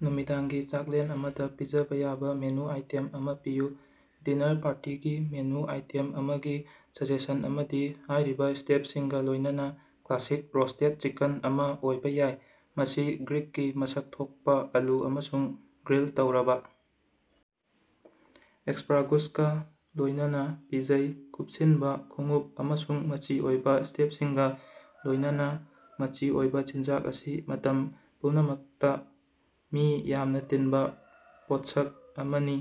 ꯅꯨꯃꯤꯗꯥꯡꯒꯤ ꯆꯥꯛꯂꯦꯟ ꯑꯃꯗ ꯄꯤꯖꯕ ꯌꯥꯕꯥ ꯃꯦꯅꯨ ꯑꯥꯏꯇꯦꯝ ꯑꯃ ꯄꯤꯌꯨ꯫ ꯗꯤꯅꯔ ꯄꯥꯔꯇꯤꯒꯤ ꯃꯦꯅꯨ ꯑꯥꯏꯇꯦꯝ ꯑꯃꯒꯤ ꯁꯖꯦꯁꯟ ꯑꯃꯗꯤ ꯍꯥꯏꯔꯤꯕ ꯁ꯭ꯇꯐꯁꯤꯡꯒ ꯂꯣꯏꯅꯅ ꯀ꯭ꯂꯥꯁꯤꯛ ꯔꯣꯁꯇꯦꯗ ꯆꯤꯀꯟ ꯑꯃ ꯑꯣꯏꯕ ꯌꯥꯏ, ꯃꯁꯤ ꯒꯥꯔꯤꯛꯀꯤ ꯃꯁꯛ ꯊꯣꯛꯄ ꯑꯥꯂꯨ ꯑꯃꯁꯨꯡ ꯒ꯭ꯔꯤꯜ ꯇꯧꯔꯕ ꯑꯦꯁꯄꯔꯥꯒꯨꯁꯀ ꯂꯣꯏꯅꯅ ꯄꯤꯖꯩ꯫ ꯀꯨꯞꯁꯤꯟꯕ ꯈꯣꯡꯎꯞ ꯑꯃꯁꯨꯡ ꯃꯆꯤ ꯑꯣꯏꯕ ꯁ꯭ꯇꯐꯁꯤꯡꯒ ꯂꯣꯏꯅꯅ ꯃꯆꯤ ꯑꯣꯏꯕ ꯆꯤꯟꯖꯥꯛ ꯑꯁꯤ ꯃꯇꯝ ꯄꯨꯝꯅꯃꯛꯇ ꯃꯤ ꯌꯥꯝꯅ ꯇꯤꯟꯕ ꯄꯣꯠꯁꯛ ꯑꯃꯅꯤ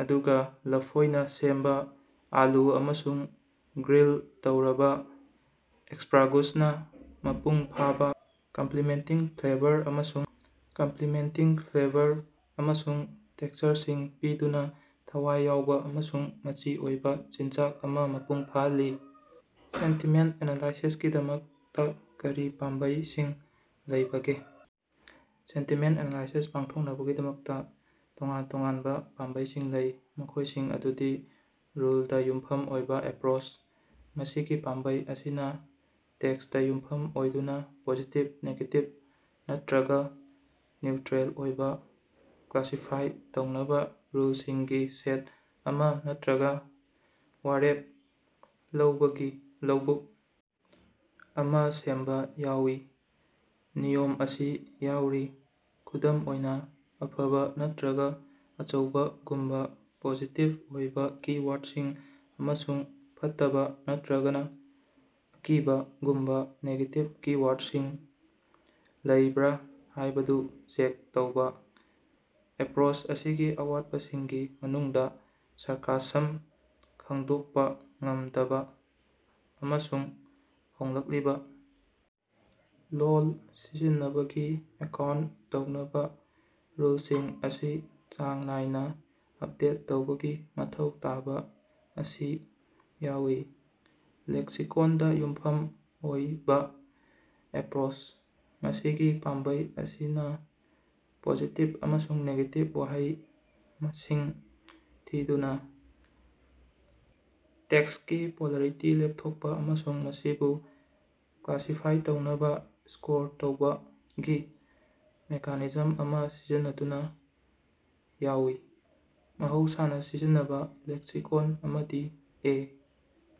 ꯑꯗꯨꯒ ꯂꯐꯣꯏꯅ ꯁꯦꯝꯕ ꯑꯥꯂꯨ ꯑꯃꯁꯨꯡ ꯒ꯭ꯔꯤꯜ ꯇꯧꯔꯕ ꯑꯦꯁꯄꯔꯥꯒꯨꯁꯅ ꯃꯄꯨꯡ ꯐꯥꯕ ꯀꯝꯄ꯭ꯂꯤꯃꯦꯟꯇꯤꯡ ꯐ꯭ꯂꯦꯕꯔ ꯑꯃꯁꯨꯡ ꯇꯦꯛꯁꯆꯔꯁꯤꯡ ꯄꯤꯗꯨꯅ ꯊꯋꯥꯏ ꯌꯥꯎꯕ ꯑꯃꯁꯨꯡ ꯃꯆꯤ ꯑꯣꯏꯕ ꯆꯤꯟꯖꯥꯛ ꯑꯃ ꯃꯄꯨꯡ ꯐꯥꯍꯜꯂꯤ꯫ ꯁꯦꯟꯇꯤꯃꯦꯟꯠ ꯑꯦꯅꯥꯂꯥꯏꯁꯤꯁꯀꯤꯗꯃꯛꯇ ꯀꯔꯤ ꯄꯥꯝꯕꯩꯁꯤꯡ ꯂꯩꯕꯒꯦ? ꯁꯦꯟꯇꯤꯃꯦꯟꯠ ꯑꯦꯅꯥꯂꯥꯏꯁꯤꯁ ꯄꯥꯡꯊꯣꯛꯅꯕꯒꯤꯗꯃꯛꯇ ꯇꯣꯉꯥꯟ ꯇꯣꯉꯥꯟꯕ ꯄꯥꯝꯕꯩꯁꯤꯡ ꯂꯩ, ꯃꯈꯣꯏꯁꯤꯡ ꯑꯗꯨꯗꯤ- ꯔꯨꯜꯗ ꯌꯨꯝꯐꯝ ꯑꯣꯏꯕ ꯑꯦꯄ꯭ꯔꯣꯆ: ꯃꯁꯤꯒꯤ ꯄꯥꯝꯕꯩ ꯑꯁꯤꯅ ꯇꯦꯛꯁꯇ ꯌꯨꯝꯐꯝ ꯑꯣꯏꯗꯨꯅ ꯄꯣꯖꯤꯇꯤꯕ, ꯅꯦꯒꯦꯇꯤꯚ ꯅꯠꯇ꯭ꯔꯒ ꯅ꯭ꯌꯨꯇ꯭ꯔꯤꯜ ꯑꯣꯏꯅ ꯀ꯭ꯂꯥꯁꯤꯐꯥꯏ ꯇꯧꯅꯕ ꯔꯨꯜꯁꯤꯡꯒꯤ ꯁꯦꯠ ꯑꯃ ꯅꯠꯇ꯭ꯔꯒ ꯋꯥꯔꯦꯞ ꯂꯧꯕꯒꯤ ꯂꯧꯕꯨꯛ ꯑꯃ ꯁꯦꯝꯕ ꯌꯥꯎꯏ꯫ ꯅꯤꯌꯝ ꯑꯁꯤ ꯌꯥꯎꯔꯤ꯫ ꯈꯨꯗꯝ ꯑꯣꯏꯅ, "ꯑꯐꯕ" ꯅꯠꯇ꯭ꯔꯒ "ꯑꯆꯧꯕ"ꯒꯨꯝꯕ ꯄꯣꯖꯤꯇꯤꯚ ꯑꯣꯏꯕ ꯀꯤ-ꯋꯥꯔꯗꯁꯤꯡ ꯑꯃꯁꯨꯡ "ꯐꯠꯇꯕ" ꯅꯠꯇ꯭ꯔꯒ "ꯑꯀꯤꯕ"ꯒꯨꯝꯕ ꯅꯦꯒꯦꯇꯤꯚ ꯀꯤ-ꯋꯥꯔꯗꯁꯤꯡ ꯂꯩꯕ꯭ꯔ ꯍꯥꯏꯕꯗꯨ ꯆꯦꯛ ꯇꯧꯕ꯫ ꯑꯦꯄ꯭ꯔꯣꯆ ꯑꯁꯤꯒꯤ ꯑꯋꯥꯠꯄꯁꯤꯡꯒꯤ ꯃꯅꯨꯡꯗ ꯁꯥꯔꯀꯥꯁꯝ ꯈꯪꯗꯣꯛꯄ ꯉꯝꯗꯕ, ꯑꯃꯁꯨꯡ ꯍꯣꯡꯂꯛꯂꯤꯕ ꯂꯣꯜ ꯁꯤꯖꯤꯟꯅꯕꯒꯤ ꯑꯦꯀꯥꯎꯟꯠ ꯇꯧꯅꯕ ꯔꯨꯜꯁꯤꯡ ꯑꯁꯤ ꯆꯥꯡ ꯅꯥꯏꯅ ꯑꯞꯗꯦꯠ ꯇꯧꯕꯒꯤ ꯃꯊꯧ ꯇꯥꯕ ꯑꯁꯤ ꯌꯥꯎꯏ꯫ ꯂꯦꯛꯁꯤꯀꯣꯟꯗ ꯌꯨꯝꯐꯝ ꯑꯣꯏꯕ ꯑꯦꯄ꯭ꯔꯣꯆ: ꯃꯁꯤꯒꯤ ꯄꯥꯝꯕꯩ ꯑꯁꯤꯅ ꯄꯣꯖꯤꯇꯤꯚ ꯑꯃꯁꯨꯡ ꯅꯦꯒꯦꯇꯤꯚ ꯋꯥꯍꯩ ꯃꯁꯤꯡ ꯊꯤꯗꯨꯅ ꯇꯦꯛꯁꯀꯤ ꯄꯣꯂꯔꯤꯇꯤ ꯂꯦꯞꯊꯣꯛꯄ ꯑꯃꯁꯨꯡ ꯃꯁꯤꯕꯨ ꯀ꯭ꯂꯥꯁꯤꯐꯥꯏ ꯇꯧꯅꯕ ꯁ꯭ꯀꯣꯔ ꯇꯧꯕꯒꯤ ꯃꯦꯀꯥꯅꯤꯖꯝ ꯑꯃ ꯁꯤꯖꯤꯟꯅꯗꯨꯅ ꯌꯥꯎꯏ꯫ ꯃꯍꯧꯁꯥꯅ ꯁꯤꯖꯤꯟꯅꯕ ꯂꯦꯛꯁꯤꯀꯣꯟ ꯑꯃꯗꯤ ꯑꯦ.